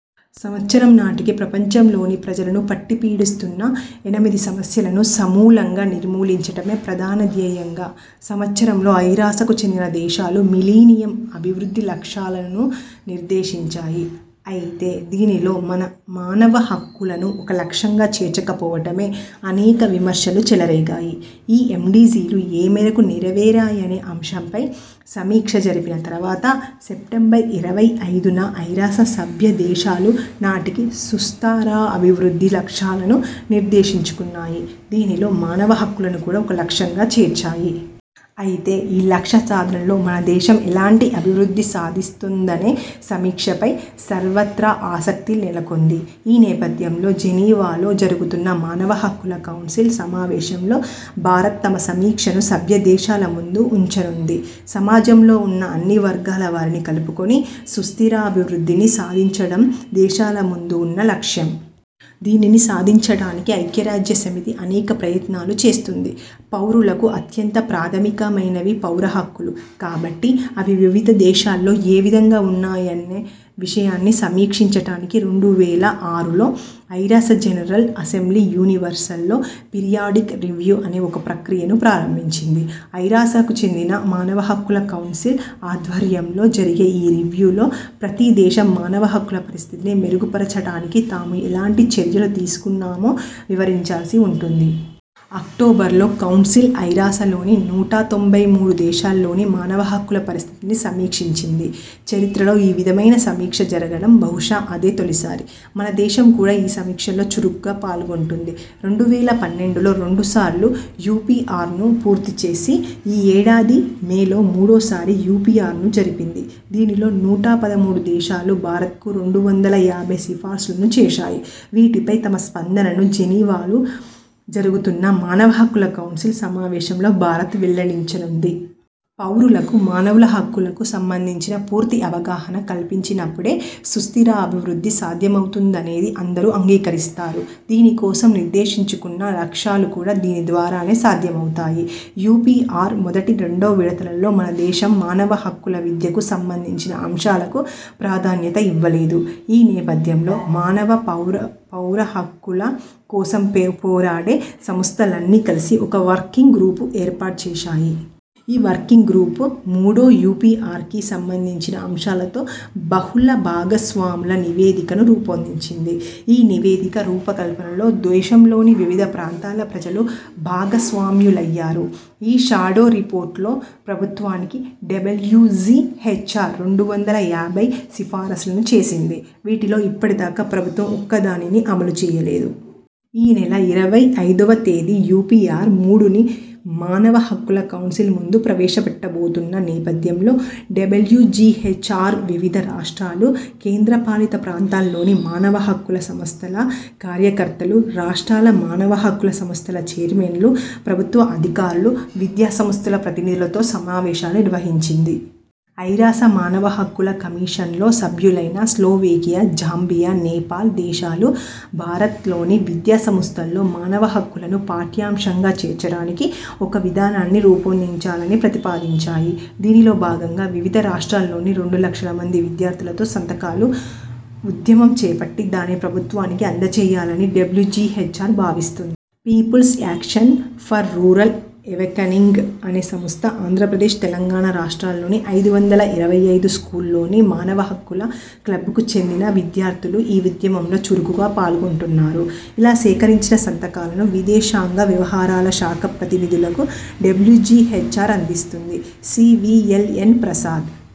సంవత్సరం నాటికి ప్రపంచం లోని ప్రజలను పట్టి పీడిస్తున్న ఎనిమిది సమస్యలను సమూలంగా నిర్మూలించటమే ప్రధాన ధ్యేయంగా సంవత్సరంలో ఐరాసకు చెందిన దేశాలు మిలీనియం అభివృద్ధి లక్ష్యాలనులను నిర్దేశించాయి. అయితే దీనిలో మానవ హక్కులను ఒక లక్ష్యంగా చేర్చక పోవటంపై అనేక విమర్శలు చెలరేగాయి. ఈ ఎండీజీలు ఏ మేరకు నెర వేరాయనే అంశంపై సమీక్ష జరిపిన తర్వాత, సెప్టెంబర్ ఇరవై ఐదున ఐరాస సభ్య దేశాలు నాటికి సుస్థరాభివృద్ధి లక్ష్యాలను నిర్దేశించుకున్నాయి దీనిలో మానవ హక్కులను కూడా ఒక లక్ష్యంగా చేర్చాయి. అయితే ఈ లక్ష్య సాధనలో మన దేశం ఎలాంటి అభివృద్ధి సాధిస్తోందనే సమీక్షపై సర్వత్రా ఆసక్తి నెలకొంది. ఈ నేపథ్యంలో జనీవాలో జరుగుతున్న మానవ హక్కుల కౌన్సిల్ సమావేశంలో భారత్ తమ సమీక్షను సభ్య దేశాల ముందు ఉంచనుంది. సమాజంలో ఉన్న అన్ని వర్గాల వారిని కలుపుకొని సుస్థిరాభివృద్ధిని సాధించటం దేశాల ముందు ఉన్న లక్ష్యం. దీనిని సాధించటానికి ఐక్యరాజ్య సమితి అనేక ప్రయత్నాలు చేస్తోంది. పౌరులకు అత్యంత ప్రాథమికమైనవి పౌర హక్కులు కాబట్టి అవి వివిధ దేశాల్లో ఏ విధంగా ఉన్నాయనే విషయాన్ని సమీక్షించటానికి రెండు వేల ఆరులో ఐరాస general assembly universal periodic review అనే ఒక ప్రక్రియను ప్రారంభించింది ఐరాసకు చెందిన మానవహక్కుల కౌన్సిల్ ఆధ్వర్యంలో జరిగే ఈ రివ్యూలో ప్రతి దేశం మానవ హక్కుల పరిస్థితిని మెరుగుపరచటానికి తాము ఎలాంటి చర్యలు తీసుకున్నామో వివరించాల్సి ఉంటుంది. అక్టోబర్లో కౌన్సిల్ ఐరాసలోని నూట తొంభై మూడు దేశాల్లోని మానవ హక్కుల పరిస్థితిని సమీక్షించింది చరిత్రలో ఈ విధమైన సమీక్ష జరగటం బహుశా అదే తొలిసారి. మన దేశం కూడా ఈ సమీక్షల్లో చురుకుగా పాల్గొంటోంది. రెండు వేల పన్నెండులలో రెండు సార్లు యూపీఆర్ను పూర్తి చేసి ఈ ఏడాది మేలో మూడో సారి యూపీఆర్ను జరిపింది దీనిలో నూట పదమూడు దేశాలు భారత్కు రెండు వందల యాభై సిఫార్సులను చేశాయి వీటిపై తమ స్పందనను జనీవాలో జరుగుతున్న మానవ హక్కుల కౌన్సిల్ సమావేశంలో భారత్ వెల్లడించనుంది. పౌరులకు మానవుల హక్కులకు సంబంధించిన పూర్తి అవగాహన కల్పించినప్పుడే సుస్థిరాభివృద్ధి సాధ్యమవుతుందనేది అందరూ అంగీకరిస్తారు. దీని కోసం నిర్దేశించుకున్న లక్ష్యాలు కూడా దీని ద్వారానే సాధ్యమవుతాయి. యూపీఆర్ మొదటి, రెండు విడతలలో మన దేశం మానవ హక్కుల విద్యకు సంబంధించిన అంశాలకు ప్రాధాన్యత ఇవ్వలేదు. ఈ నేపథ్యంలో మానవ, పౌర హక్కుల కోసం పోరాడే సంస్థలన్నీ కలిసి ఒక వర్కింగ్ గ్రూప్ను ఏర్పాటుచేశాయి. ఈ వర్కింగ్ గ్రూప్ మూడో యూపీఆర్కి సంబంధించిన అంశాలతో బహుళ భాగస్వాముల నివేదిక ను రూపొందించింది. ఈ నివేదిక రూపకల్పనలో దేశంలోని వివిధ ప్రాంతాల ప్రజలు భాగస్వామ్యులయ్యారు. ఈ షాడో రిపోర్ట్లో ప్రభుత్వానికి డబ్ల్యుజీహెచ్ఆర్ రెండు వందల యాభై సిఫార్సులను చేసింది. వీటిలో ఇప్పటిదాకా ప్రభుత్వం ఒక్క దానినీ అమలు చేయలేదు. ఈ నెల ఇరవై ఐదువ తేదీన యూపీఆర్ మూడుని మానవ హక్కుల కౌన్సిల్ ముందు ప్రవేశపెట్టబోతున్న నేపథ్యంలో డబ్ల్యుజీహెచ్ఆర్ వివిధ రాష్ట్రాలు, కేంద్ర పాలిత ప్రాంతాల్లోని మానవ హక్కుల సంస్థల కార్యకర్తలు, రాష్ట్రాల మానవ హక్కుల సంస్థల ఛైర్మన్లు, ప్రభుత్వ అధికారులు, విద్యా సంస్థల ప్రతినిధులతో సమావేశాలు నిర్వహించింది. ఐరాస మానవ హక్కుల కమిషన్లో సభ్యులైన స్లోవేకియా, జాంబియా, నేపాల్ దేశాలు భారత్లోని విద్యా సంస్థల్లో మానవ హక్కులను పాఠ్యాంశంగా చేర్చటానికి ఒక విధానాన్ని రూపొందించాలని ప్రతిపాదించాయి. దీనిలో భాగంగా వివిధ రాష్ట్రాల్లోని రెండు లక్షల మంది విద్యార్థులతో సంతకాల ఉద్యమం చేపట్టి దానిని ప్రభుత్వానికి అందచేయాలని డబ్లుజీహెచ్ఆర్ భావిస్తోంది. People's action for rural awakening అనే సంస్థ ఆంధ్రప్రదేశ్, తెలంగాణ రాష్ట్రాలోని ఐదు వందల ఇరవై ఐదు స్కూళ్లలోని మానవ హక్కుల క్లబ్లకు చెందిన విద్యార్థులు ఈ ఉద్యమంలో చురుకుగా పాల్గొంటున్నారు. ఇలా సేకరించిన సంతకాలను విదేశాంగ వ్యవహారాల శాఖ ప్రతినిధులకు డబ్ల్యుజీహెచ్ఆర్ అందిస్తుంది. C. V. L. N. Prasad